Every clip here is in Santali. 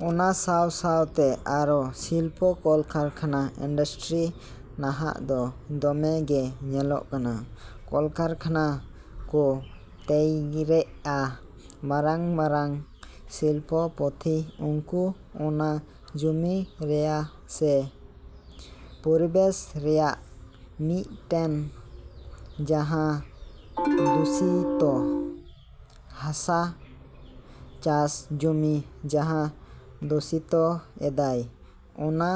ᱚᱱᱟ ᱥᱟᱶ ᱥᱟᱶᱛᱮ ᱟᱨᱚ ᱥᱤᱞᱯᱚ ᱠᱚᱞᱠᱟᱨᱠᱷᱟᱱᱟ ᱤᱱᱰᱟᱥᱴᱨᱤ ᱱᱟᱦᱟᱜ ᱫᱚ ᱫᱚᱢᱮ ᱜᱮ ᱧᱮᱞᱚᱜ ᱠᱟᱱᱟ ᱠᱚᱞᱠᱟᱨᱠᱷᱟᱱᱟ ᱠᱚ ᱛᱮᱭᱨᱮᱜᱼᱟ ᱢᱟᱨᱟᱝ ᱢᱟᱨᱟᱝ ᱥᱤᱞᱯᱚ ᱯᱚᱛᱤ ᱩᱱᱠᱩ ᱚᱱᱟ ᱡᱚᱢᱤ ᱨᱮᱭᱟ ᱥᱮ ᱯᱚᱨᱤᱵᱮᱥ ᱨᱮᱭᱟᱜ ᱢᱤᱫᱴᱮᱱ ᱡᱟᱦᱟᱸ ᱫᱩᱥᱤᱛᱳ ᱦᱟᱥᱟ ᱪᱟᱥ ᱡᱚᱢᱤ ᱡᱟᱦᱟᱸ ᱫᱩᱥᱤᱛᱳ ᱮᱫᱟᱭ ᱚᱱᱟ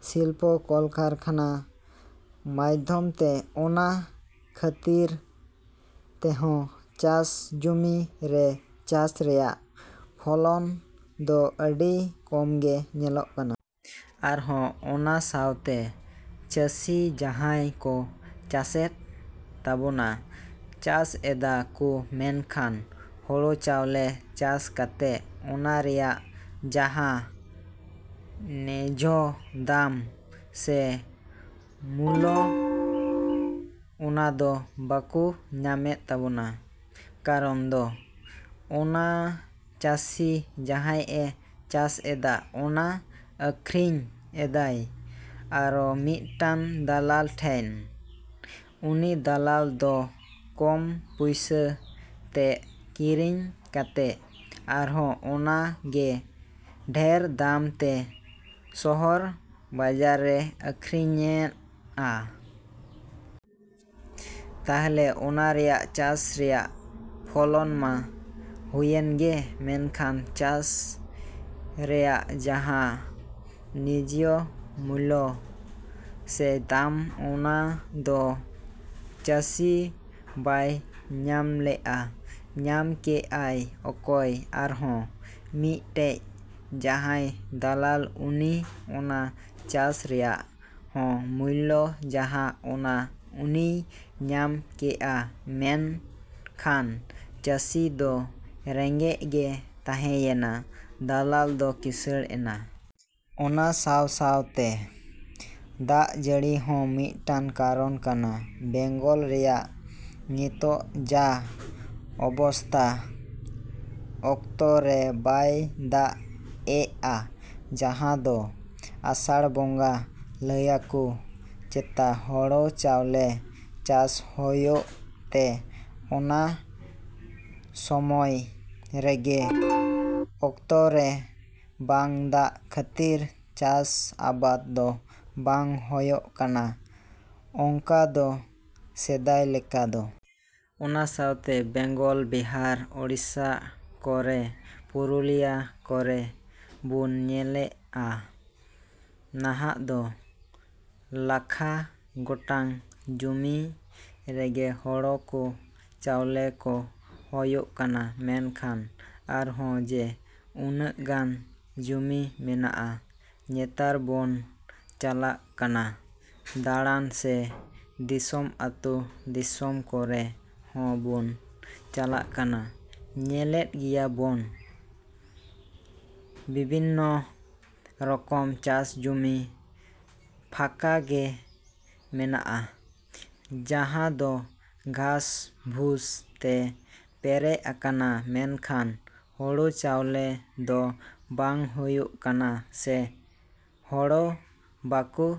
ᱥᱤᱞᱯᱳ ᱠᱚᱞᱠᱟᱨᱠᱷᱟᱱᱟ ᱢᱟᱫᱷᱚᱢ ᱛᱮ ᱚᱱᱟ ᱠᱷᱟᱹᱛᱤᱨ ᱛᱮᱦᱚᱸ ᱪᱟᱥ ᱡᱚᱢᱤ ᱨᱮ ᱪᱟᱥ ᱨᱮᱭᱟᱜ ᱯᱷᱚᱞᱚᱱ ᱫᱚ ᱟᱹᱰᱤ ᱠᱚᱢᱜᱮ ᱧᱮᱞᱚᱜ ᱠᱟᱱᱟ᱾ ᱟᱨᱦᱚᱸ ᱚᱱᱟ ᱥᱟᱶᱛᱮ ᱪᱟᱹᱥᱤ ᱡᱟᱦᱟᱸᱭ ᱠᱚ ᱪᱟᱥᱮᱫ ᱛᱟᱵᱚᱱᱟ ᱪᱟᱥ ᱮᱫᱟ ᱠᱚ ᱢᱮᱱᱠᱷᱟᱱ ᱦᱩᱲᱩ ᱪᱟᱣᱞᱮ ᱪᱟᱥ ᱠᱟᱛᱮᱫ ᱚᱱᱟ ᱨᱮᱭᱟᱜ ᱡᱟᱦᱟᱸ ᱱᱮᱡᱡᱷᱚ ᱫᱟᱢ ᱥᱮ ᱢᱩᱞᱞᱚ ᱚᱱᱟᱫᱚ ᱵᱟᱠᱚ ᱧᱟᱢᱮᱫ ᱛᱟᱵᱚᱱᱟ᱾ ᱠᱟᱨᱚᱱ ᱫᱚ ᱚᱱᱟ ᱪᱟᱹᱥᱤ ᱡᱟᱦᱟᱭ ᱮ ᱪᱟᱥ ᱮᱫᱟ ᱚᱱᱟ ᱟᱹᱠᱷᱟᱨᱤᱧ ᱮᱫᱟᱭ ᱟᱨᱚ ᱢᱤᱫᱴᱟᱝ ᱫᱟᱞᱟᱞ ᱴᱷᱮᱱ ᱩᱱᱤ ᱫᱟᱞᱟᱞ ᱫᱚ ᱠᱚᱢ ᱯᱚᱭᱥᱟ ᱛᱮ ᱠᱤᱨᱤᱧ ᱠᱟᱛᱮᱫ ᱟᱨᱚᱦᱚᱸ ᱚᱱᱟ ᱜᱮ ᱰᱷᱮᱨ ᱫᱟᱢ ᱛᱮ ᱥᱚᱦᱚᱨ ᱵᱟᱡᱟᱨᱮᱭ ᱟᱹᱠᱷᱟᱹᱨᱤᱧᱮᱜᱼᱟ᱾ ᱛᱟᱦᱚᱞᱮ ᱚᱱᱟ ᱨᱮᱭᱟᱜ ᱪᱟᱥ ᱨᱮᱭᱟᱜ ᱯᱷᱚᱞᱚᱱ ᱢᱟ ᱦᱩᱭᱮᱱ ᱜᱮ ᱢᱮᱱᱠᱷᱟᱱ ᱪᱟᱥ ᱨᱮᱭᱟᱜ ᱡᱟᱦᱟᱸ ᱱᱮᱡᱷᱭᱚ ᱢᱩᱞᱞᱚ ᱥᱮ ᱫᱟᱢ ᱚᱱᱟ ᱫᱚ ᱪᱟᱹᱥᱤ ᱵᱟᱭ ᱧᱟᱢ ᱞᱮᱜᱼᱟ᱾ ᱧᱟᱢ ᱠᱮᱜ ᱟᱭ ᱚᱠᱚᱭ ᱟᱨᱚᱦᱚᱸ ᱢᱤᱫᱴᱮᱡ ᱡᱟᱦᱟᱭ ᱫᱟᱞᱟᱞ ᱩᱱᱤ ᱚᱱᱟ ᱪᱟᱥ ᱨᱮᱭᱟᱜ ᱦᱚᱸ ᱢᱩᱞᱞᱚ ᱡᱟᱦᱟᱸ ᱚᱱᱟ ᱩᱱᱤᱭ ᱧᱟᱢ ᱠᱮᱜᱼᱟ ᱢᱮᱱ ᱠᱷᱟᱱ ᱪᱟᱹᱥᱤ ᱫᱚ ᱨᱮᱜᱮᱡ ᱜᱮᱭ ᱛᱟᱦᱮᱸᱭᱮᱱᱟ ᱫᱟᱞᱟᱞ ᱫᱚ ᱠᱤᱥᱟᱹᱲ ᱮᱱᱟ᱾ ᱚᱱᱟ ᱥᱟᱶ ᱥᱟᱶᱛᱮ ᱫᱟᱜ ᱡᱟᱹᱲᱤ ᱦᱚᱸ ᱢᱤᱫᱴᱟᱝ ᱠᱟᱨᱚᱱ ᱠᱟᱱᱟ ᱵᱮᱝᱜᱚᱞ ᱨᱮᱭᱟᱜ ᱱᱤᱛᱚᱜ ᱡᱟ ᱚᱵᱚᱥᱛᱟ ᱚᱠᱛᱚ ᱨᱮ ᱵᱟᱭ ᱫᱟᱜ ᱮᱜᱼᱟ ᱡᱟᱦᱟᱸ ᱫᱚ ᱟᱥᱟᱲ ᱵᱚᱸᱜᱟ ᱞᱟᱹᱭᱟᱠᱚ ᱪᱮᱛᱟ ᱦᱩᱲᱩ ᱪᱟᱣᱞᱮ ᱪᱟᱥ ᱦᱩᱭᱩᱜ ᱛᱮ ᱚᱱᱟ ᱥᱳᱢᱳᱭ ᱨᱮᱜᱮ ᱚᱠᱛᱚ ᱨᱮ ᱵᱟᱝ ᱫᱟᱜ ᱠᱷᱟᱹᱛᱤᱨ ᱪᱟᱥ ᱟᱵᱟᱫ ᱫᱚ ᱵᱟᱝ ᱦᱩᱭᱩᱜ ᱠᱟᱱᱟ ᱚᱱᱠᱟ ᱫᱚ ᱥᱮᱫᱟᱭ ᱞᱮᱠᱟ ᱫᱚ᱾ ᱚᱱᱟ ᱥᱟᱶᱛᱮ ᱵᱮᱝᱜᱚᱞ ᱵᱤᱦᱟᱨ ᱳᱲᱤᱥᱟ ᱠᱚᱨᱮ ᱯᱩᱨᱩᱞᱤᱭᱟ ᱠᱚᱨᱮ ᱵᱚᱱ ᱧᱮᱞᱮᱜᱼᱟ ᱱᱟᱦᱟᱜ ᱫᱚ ᱞᱟᱠᱷᱟ ᱜᱚᱴᱟᱝ ᱡᱚᱢᱤ ᱨᱮᱜᱮ ᱦᱩᱲᱤ ᱠᱚ ᱪᱟᱣᱞᱮ ᱠᱚ ᱦᱩᱭᱩᱜ ᱠᱟᱱᱟ ᱢᱮᱱᱠᱷᱟᱱ ᱟᱨᱦᱚᱸ ᱡᱮ ᱩᱱᱟᱹᱜ ᱜᱟᱱ ᱡᱚᱢᱤ ᱢᱮᱱᱟᱜᱼᱟ ᱱᱮᱛᱟᱨ ᱵᱚᱱ ᱪᱟᱞᱟᱜ ᱠᱟᱱᱟ ᱫᱟᱲᱟᱱ ᱥᱮ ᱫᱤᱥᱚᱢ ᱟᱛᱩ ᱫᱤᱥᱚᱢ ᱠᱚᱨᱮ ᱦᱚᱸ ᱵᱚᱱ ᱪᱟᱞᱟᱜ ᱠᱟᱱᱟ ᱧᱮᱞᱮᱫ ᱜᱮᱭᱟ ᱵᱚᱱ ᱵᱤᱵᱷᱤᱱᱚ ᱨᱚᱠᱚᱢ ᱪᱟᱥ ᱡᱩᱢᱤ ᱯᱷᱟᱠᱟ ᱜᱮ ᱢᱮᱱᱟᱜᱼᱟ ᱡᱟᱦᱟᱸ ᱫᱚ ᱜᱷᱟᱥ ᱵᱩᱥ ᱛᱮ ᱯᱮᱨᱮᱡ ᱟᱠᱟᱱᱟ ᱢᱮᱱᱠᱷᱟᱱ ᱦᱩᱲᱩ ᱪᱟᱣᱞᱮ ᱫᱚ ᱵᱟᱝ ᱦᱩᱭᱩᱜ ᱠᱟᱱᱟ ᱥᱮ ᱦᱩᱲᱩ ᱵᱟᱠᱚ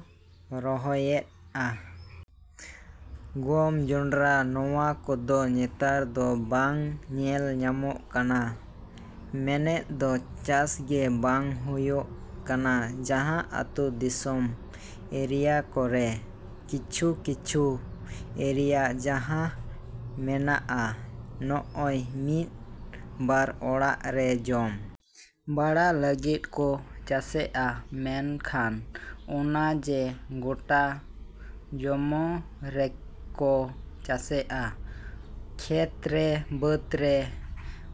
ᱨᱚᱦᱚᱭᱮᱜᱼᱟ᱾ ᱜᱚᱢ ᱡᱚᱸᱰᱨᱟ ᱱᱚᱣᱟ ᱠᱚᱫᱚ ᱱᱮᱛᱟᱨ ᱫᱚ ᱵᱟᱝ ᱧᱮᱞ ᱧᱟᱢᱚᱜ ᱠᱟᱱᱟ ᱢᱮᱱᱮᱫ ᱫᱚ ᱪᱟᱥ ᱜᱮ ᱵᱟᱝ ᱦᱩᱭᱩᱜ ᱠᱟᱱᱟ ᱡᱟᱦᱟᱸ ᱟᱛᱳ ᱫᱤᱥᱚᱢ ᱮᱨᱤᱭᱟ ᱠᱚᱨᱮ ᱠᱤᱪᱷᱩ ᱠᱤᱪᱷᱩ ᱮᱨᱤᱭᱟ ᱡᱟᱦᱟᱸ ᱢᱮᱱᱟᱜᱼᱟ ᱱᱚᱜᱼᱚᱭ ᱢᱤᱫ ᱵᱟᱨ ᱚᱲᱟᱜ ᱨᱮ ᱡᱚᱢ ᱵᱟᱲᱟ ᱞᱟᱹᱜᱤᱫ ᱠᱚ ᱪᱟᱥᱮᱜᱼᱟ ᱢᱮᱱᱠᱷᱟᱱ ᱚᱱᱟ ᱡᱮ ᱜᱚᱴᱟ ᱡᱚᱢᱚ ᱨᱮᱠᱚ ᱪᱟᱥᱮᱜᱼᱟ ᱠᱷᱮᱛ ᱨᱮ ᱵᱟᱹᱫ ᱨᱮ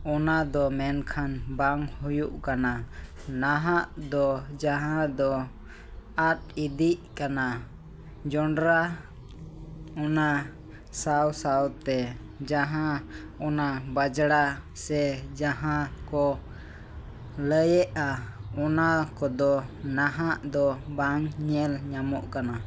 ᱚᱱᱟ ᱫᱚ ᱢᱮᱱᱠᱷᱟᱱ ᱵᱟᱝ ᱦᱩᱭᱩᱜ ᱠᱟᱱᱟ ᱱᱟᱦᱟᱜ ᱫᱚ ᱡᱟᱦᱟᱸ ᱫᱚ ᱟᱫ ᱤᱫᱤᱜ ᱠᱟᱱᱟ ᱡᱚᱸᱰᱨᱟ ᱚᱱᱟ ᱥᱟᱶ ᱥᱟᱶᱛᱮ ᱡᱟᱦᱟᱸ ᱚᱱᱟ ᱵᱟᱡᱽᱨᱟ ᱥᱮ ᱡᱟᱦᱟᱸ ᱠᱚ ᱞᱟᱹᱭᱮᱜᱼᱟ ᱚᱱᱟ ᱠᱚᱫᱚ ᱱᱟᱦᱟᱜ ᱫᱚ ᱵᱟᱝ ᱧᱮᱞ ᱧᱟᱢᱚᱜ ᱠᱟᱱᱟ᱾